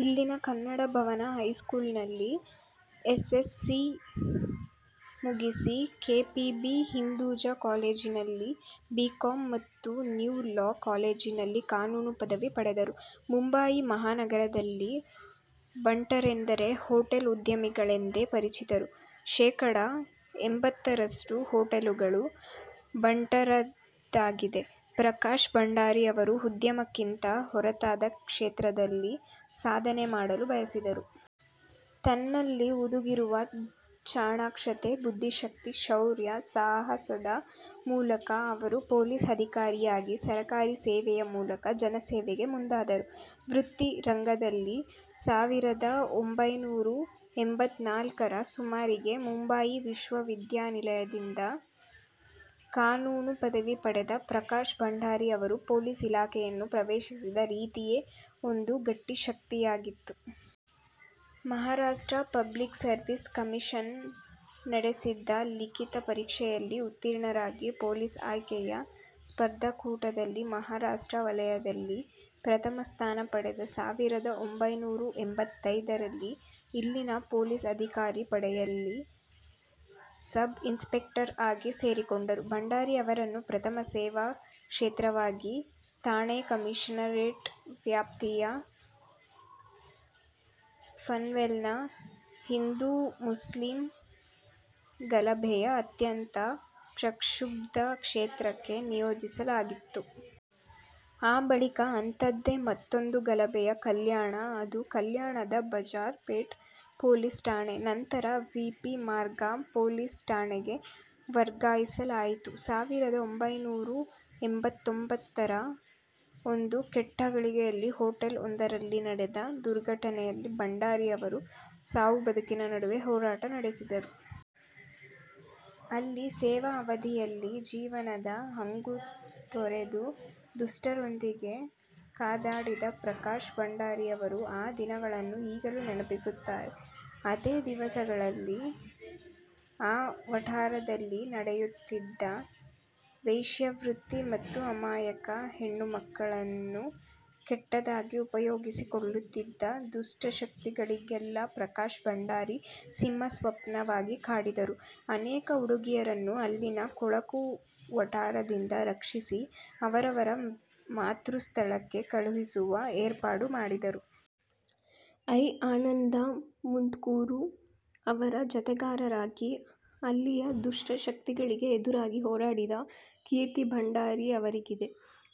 ಇಲ್ಲಿನ ಕನ್ನಡ ಭವನ ಹೈಸ್ಕೂಲ್ ನಲ್ಲಿ S. S. C. ಮುಗಿಸಿ, ಕೆ. ಪಿ. ಬಿ. ಹಿಂದುಜಾ ಕಾಲೇಜಿನಲ್ಲಿ ಬಿ. ಕಾಂ. ಮತ್ತು ನ್ಯೂ ಲಾ ಕಾಲೇಜಿನಲ್ಲಿ ಕಾನೂನು ಪದವಿ ಪಡೆದರು. ಮುಂಬಯಿ ಮಹಾನಗರದಲ್ಲಿ ಬಂಟರೆಂದರೆ ಹೊಟೇಲ್ ಉದ್ಯಮಿಗಳೆಂದೇ ಪರಿಚಿತರು. ಶೇಖಡ. ಎಂಬತ್ತರಷ್ಟು ಹೊಟೇಲುಗಳು ಬಂಟರದ್ದಾಗಿದೆ. ಪ್ರಕಾಶ್ ಭಂಡಾರಿ ಅವರು ಉದ್ಯಮಕ್ಕಿಂತ ಹೊರತಾದ ಕ್ಷೇತ್ರದಲ್ಲಿ ಸಾಧನೆ ಮಾಡಲು ಬಯಸಿದವರು. ತನ್ನಲ್ಲಿ ಹುದುಗಿರುವ ಚಾಣಾಕ್ಷತೆ, ಬುದ್ಧಿಶಕ್ತಿ, ಶೌರ್ಯ, ಸಾಹಸದ ಮೂಲಕ ಅವರು ಪೊಲೀಸ್ ಅಧಿಕಾರಿಯಾಗಿ ಸರಕಾರಿ ಸೇವೆಯ ಮೂಲಕ ಜನಸೇವೆಗೆ ಮುಂದಾದರು. ವೃತ್ತಿ ರಂಗದಲ್ಲಿ ಸಾವಿರದ ಒಂಭೈನೂರ ಎಂಬತ್ನಾಲ್ಕರ ಸುಮಾರಿಗೆ ಮುಂಬಯಿ ವಿಶ್ವವಿದ್ಯಾನಿಲಯದಿಂದ ಕಾನೂನು ಪದವಿ ಪಡೆದ ಪ್ರಕಾಶ್ ಭಂಡಾರಿ ಅವರು ಪೊಲೀಸ್ ಇಲಾಖೆಯನ್ನು ಪ್ರವೇಶಿಸಿದ ರೀತಿಯೇ ಒಂದು ಗಟ್ಟಿ ಶಕ್ತಿಯಾಗಿತ್ತು. ಮಹಾರಾಷ್ಟ್ರ ಪಬ್ಲಿಕ್ ಸರ್ವಿಸ್ ಕಮಿಷನ್ ನಡೆಸಿದ್ದ ಲಿಖಿತ ಪರೀಕ್ಷೆಯಲ್ಲಿ ಉತ್ತೀರ್ಣರಾಗಿ ಪೊಲೀಸ್ ಆಯ್ಕೆಯ ಸ್ಪರ್ಧಾಕೂಟದಲ್ಲಿ ಮಹಾರಾಷ್ಟ್ರ ವಲಯದಲ್ಲಿ ಪ್ರಥಮ ಸ್ಥಾನ ಪಡೆದು ಸಾವಿರದ ಒಂಭೈನೂರ ಎಂಬತ್ತೈದರಲ್ಲಿ ಇಲ್ಲಿನ ಪೊಲೀಸ್ ಅಧಿಕಾರಿ ಪಡೆಯಲ್ಲಿ ಸಬ್ ಇನ್ಸ್ಪೆಕ್ಟರ್ ಆಗಿ ಸೇರಿಕೊಂಡರು. ಭಂಡಾರಿ ಅವರನ್ನು ಪ್ರಥಮ ಸೇವಾ ಕ್ಷೇತ್ರವಾಗಿ ಥಾಣೆ ಕಮಿಷನರೇಟ್ ವ್ಯಾಪ್ತಿಯ ಪನ್ವೇಲ್ನ ಹಿಂದೂ ಮುಸ್ಲಿಂ ಗಲಭೆಯ ಅತ್ಯಂತ ಪ್ರಕ್ಷುಬ್ಧ ಕ್ಷೇತ್ರಕ್ಕೆ ನಿಯೋಜಿಸಲಾಗಿತ್ತು. ಆ ಬಳಿಕ ಅಂಥದ್ದೇ ಮತ್ತೊಂದು ಗಲಭೆಯ ಕಲ್ಯಾಣ ಅದು ಕಲ್ಯಾಣದ ಬಜಾರ್ ಪೇಟ್ ಪೊಲೀಸ್ ಠಾಣೆ. ನಂತರ ವಿ. ಪಿ. ಮಾರ್ಗ ಪೊಲೀಸ್ ಠಾಣೆಗೆ ವರ್ಗಾಯಿಸಲಾಯಿತು. ಸಾವಿರದ ಒಂಭೈನೂರ ಎಂಬತ್ತೊಂಬತ್ತರ ಒಂದು ಕೆಟ್ಟ ಘಳಿಗೆಯಲ್ಲಿ ಹೊಟೇಲ್ ಒಂದರಲ್ಲಿ ನಡೆದ ದುರ್ಘಟನೆಯಲ್ಲಿ ಭಂಡಾರಿ ಅವರು ಸಾವು-ಬದುಕಿನ ನಡುವೆ ಹೋರಾಟ ನಡೆಸಿದರು. ಅಲ್ಲಿ ಸೇವಾ ಅವಧಿಯಲ್ಲಿ ಜೀವನದ ಹಂಗು ತೊರೆದು ದುಷ್ಟರೊಂದಿಗೆ ಕಾದಾಡಿದ ಪ್ರಕಾಶ್ ಭಂಡಾರಿ ಅವರು ಆ ದಿನಗಳನ್ನು ಈಗಲೂ ನೆನಪಿಸುತ್ತಾರೆ. ಅದೇ ದಿವಸಗಳಲ್ಲಿ ಆ ವಠಾರದಲ್ಲಿ ನಡೆಯುತ್ತಿದ್ದ ವೇಶ್ಯಾವೃತ್ತಿ ಮತ್ತು ಅಮಾಯಕ ಹೆಣ್ಣುಮಕ್ಕಳನ್ನು ಕೆಟ್ಟದಾಗಿ ಉಪಯೋಗಿಸಿಕೊಳ್ಳುತ್ತಿದ್ದ ದುಷ್ಟ ಶಕ್ತಿಗಳಿಗೆಲ್ಲ ಪ್ರಕಾಶ್ ಭಂಡಾರಿ ಸಿಂಹಸ್ವಪ್ನವಾಗಿ ಕಾಡಿದರು. ಅನೇಕ ಹುಡುಗಿಯರನ್ನು ಅಲ್ಲಿನ ಕೊಳಕು ವಠಾರದಿಂದ ರಕ್ಷಿಸಿ ಅವರವರ ಮಾತೃ ಸ್ಥಳಕ್ಕೆ ಕಳುಹಿಸುವ ಏರ್ಪಾಡು ಮಾಡಿದರು. ಐ. ಆನಂದ ಮುಂಡ್ಕೂರು ಅವರ ಜತೆಗಾರರಾಗಿ ಅಲ್ಲಿಯ ದುಷ್ಟ ಶಕ್ತಿಗಳಿಗೆ ಎದುರಾಗಿ ಹೋರಾಡಿದ ಕೀರ್ತಿ ಭಂಡಾರಿ ಅವರಿಗಿದೆ.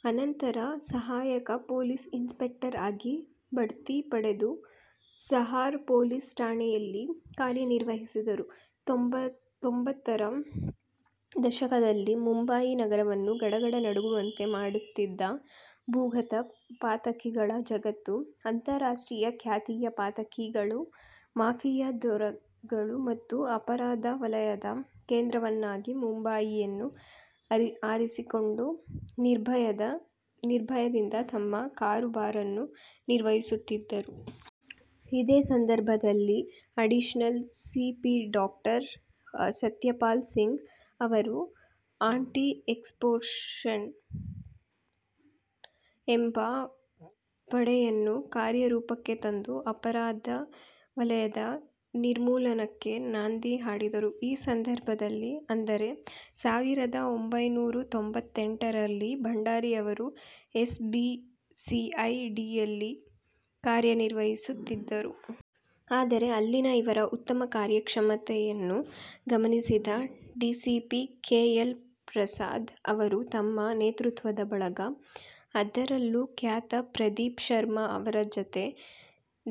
ಅನಂತರ ಸಹಾಯಕ ಪೊಲೀಸ್ ಇನ್ಸ್ಪೆಕ್ಟರ್ ಆಗಿ ಬಡ್ತಿ ಪಡೆದು ಸಹಾರ್ ಪೊಲೀಸ್ ಠಾಣೆಯಲ್ಲಿ ಕಾರ್ಯನಿರ್ವಹಿಸಿದರು. ತೊಂಬತ್ತರ ದಶಕದಲ್ಲಿ ಮುಂಬಯಿ ನಗರವನ್ನು ಗಡ ಗಡ ನಡುಗುವಂತೆ ಮಾಡುತ್ತಿದ್ದ ಭೂಗತ ಪಾತಕಿಗಳ ಜಗತ್ತು, ಅಂತರ್ರಾಷ್ಟ್ರೀಯ ಖ್ಯಾತಿಯ ಪಾತಕಿಗಳು, ಮಾಫಿಯಾ ದೊರೆಗಳು ತಮ್ಮ ಅಪರಾಧ ವಲಯದ ಕೇಂದ್ರವನ್ನಾಗಿ ಮುಂಬಯಿಯನ್ನು ಅರಸಿಕೊಂಡು ನಿರ್ಭಯದಿಂದ ತಮ್ಮ ಕಾರುಬಾರನ್ನು ನಿರ್ವಹಿಸುತ್ತಿದ್ದರು. ಇದೇ ಸಂದರ್ಭದಲ್ಲಿ ಅಡಿಷನಲ್ ಸಿ. ಪಿ. ಡಾ. ಸತ್ಯಪಾಲ್ ಸಿಂಗ್ ಅವರು ಆಂಟಿ ಎಕ್ಸ್ಟೋರ್ಷನ್ ಎಂಬ ಪಡೆಯನ್ನು ಕಾರ್ಯರೂಪಕ್ಕೆ ತಂದು ಅಪರಾಧ ವಲಯದ ನಿರ್ಮೂಲನಕ್ಕೆ ನಾಂದಿ ಹಾಡಿದರು. ಈ ಸಂದರ್ಭದಲ್ಲಿ ಅಂದರೆ, ಸಾವಿರದ ಒಂಭೈನೂರ ತೊಂಬತ್ತೆಂಟರಲ್ಲಿ ಭಂಡಾರಿ ಅವರು ಎಸ್ ಬಿ ಸಿ ಐ ಡಿಯಲ್ಲಿ ಕಾರ್ಯನಿರ್ವಹಿಸುತ್ತಿದ್ದರು. ಆದರೆ, ಅಲ್ಲಿನ ಇವರ ಉತ್ತಮ ಕಾರ್ಯಕ್ಷಮತೆಯನ್ನು ಗಮನಿಸಿದ ಡಿಸಿಪಿ ಕೆ. ಎಲ್. ಪ್ರಸಾದ್ ಅವರು ತಮ್ಮ ನೇತೃತ್ವದ ಬಳಗ, ಅದರಲ್ಲೂ ಖ್ಯಾತ ಪ್ರದೀಪ್ ಶರ್ಮಾ ಅವರ ಜತೆ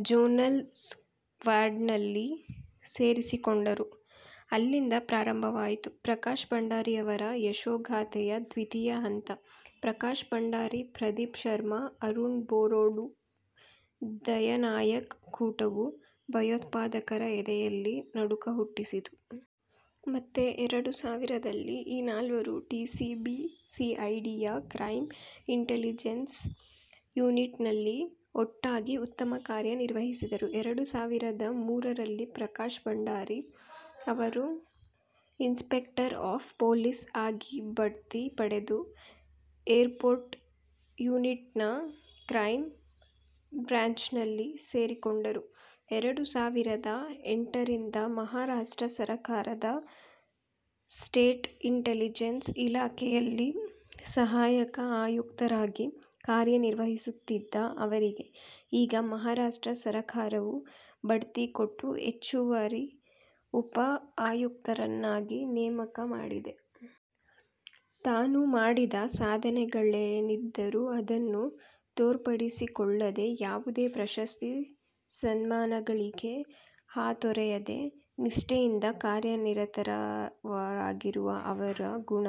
ಜೋನಲ್ ಸ್ಕ್ವಾಡ್ನಲ್ಲಿ ಸೇರಿಸಿಕೊಂಡರು. ಅಲ್ಲಿಂದ ಪ್ರಾರಂಭವಾಯಿತು – ಪ್ರಕಾಶ್ ಭಂಡಾರಿ ಅವರ ಯಶೋಗಾಥೆಯ ದ್ವಿತೀಯ ಹಂತ. ಪ್ರಕಾಶ್ ಭಂಡಾರಿ, ಪ್ರದೀಪ್ ಶರ್ಮಾ, ಅರುಣ್ ಬೋರುಡೆ, ದಯಾ ನಾಯಕ್ ಕೂಟವು ಭಯೋತ್ಪಾದಕರ ಎದೆಯಲ್ಲಿ ನಡುಕ ಹುಟ್ಟಿಸಿತು. ಮತ್ತೆ ಎರಡು ಸಾವಿರದಲ್ಲಿ ಈ ನಾಲ್ವರು ಡಿಸಿಬಿ ಸಿಐಡಿಯ ಕ್ರೈಂ ಇಂಟಲಿಜೆನ್ಸ್ ಯೂನಿಟ್ನಲ್ಲಿ ಒಟ್ಟಾಗಿ ಉತ್ತಮ ಕಾರ್ಯ ನಿರ್ವಹಿಸಿದರು. ಎರಡು ಸಾವಿರದ ಮೂರರಲ್ಲಿ ಪ್ರಕಾಶ್ ಭಂಡಾರಿ ಅವರು ಇನ್ಸ್ಪೆಕ್ಟರ್ ಆಫ್ ಪೊಲೀಸ್ ಆಗಿ ಬಡ್ತಿ ಪಡೆದು ಏರ್ಪೋರ್ಟ್ ಯೂನಿಟ್ನ ಕ್ರೈಂ ಬ್ರ್ಯಾಂಚ್ನಲ್ಲಿ ಸೇರಿಕೊಂಡರು. ಎರಡು ಸಾವಿರದ ಎಂಟರಿಂದ ಮಹಾರಾಷ್ಟ್ರ ಸರಕಾರದ ಸ್ಟೇಟ್ ಇಂಟಲಿಜೆನ್ಸ್ ಇಲಾಖೆಯಲ್ಲಿ ಸಹಾಯಕ ಆಯುಕ್ತರಾಗಿ ಕಾರ್ಯನಿರ್ವಹಿಸುತ್ತಿದ್ದ ಅವರಿಗೆ ಈಗ ಮಹಾರಾಷ್ಟ್ರ ಸರಕಾರವು ಬಡ್ತಿ ಕೊಟ್ಟು ಹೆಚ್ಚುವರಿ ಉಪ ಆಯುಕ್ತರನ್ನಾಗಿ ನೇಮಕ ಮಾಡಿದೆ. ತಾನು ಮಾಡಿದ ಸಾಧನೆಗಳೇನಿದ್ದರೂ ಅದನ್ನು ತೋರ್ಪಡಿಸಿಕೊಳ್ಳದೆ, ಯಾವುದೇ ಪ್ರಶಸ್ತಿ, ಸಮ್ಮಾನಗಳಿಗೆ ಹಾತೊರೆಯದೆ, ನಿಷ್ಠೆಯಿಂದ ಕಾರ್ಯನಿರತರಾಗಿರುವ ಅವರ ಗುಣ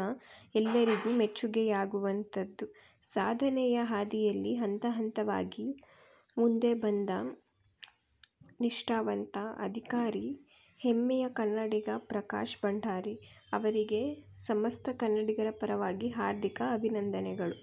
ಎಲ್ಲರಿಗೂ ಮೆಚ್ಚುಗೆಯಾಗುವಂಥದ್ದು. ಸಾಧನೆಯ ಹಾದಿಯಲ್ಲಿ ಹಂತ-ಹಂತವಾಗಿ ಮುಂದೆ ಬಂದ ನಿಷ್ಠಾವಂತ ಅಧಿಕಾರಿ ಹೆಮ್ಮೆಯ ಕನ್ನಡಿಗ ಪ್ರಕಾಶ್ ಭಂಡಾರಿ ಅವರಿಗೆ ಸಮಸ್ತ ಕನ್ನಡಿಗರ ಪರವಾಗಿ ಹಾರ್ದಿಕ ಅಭಿನಂದನೆಗಳು.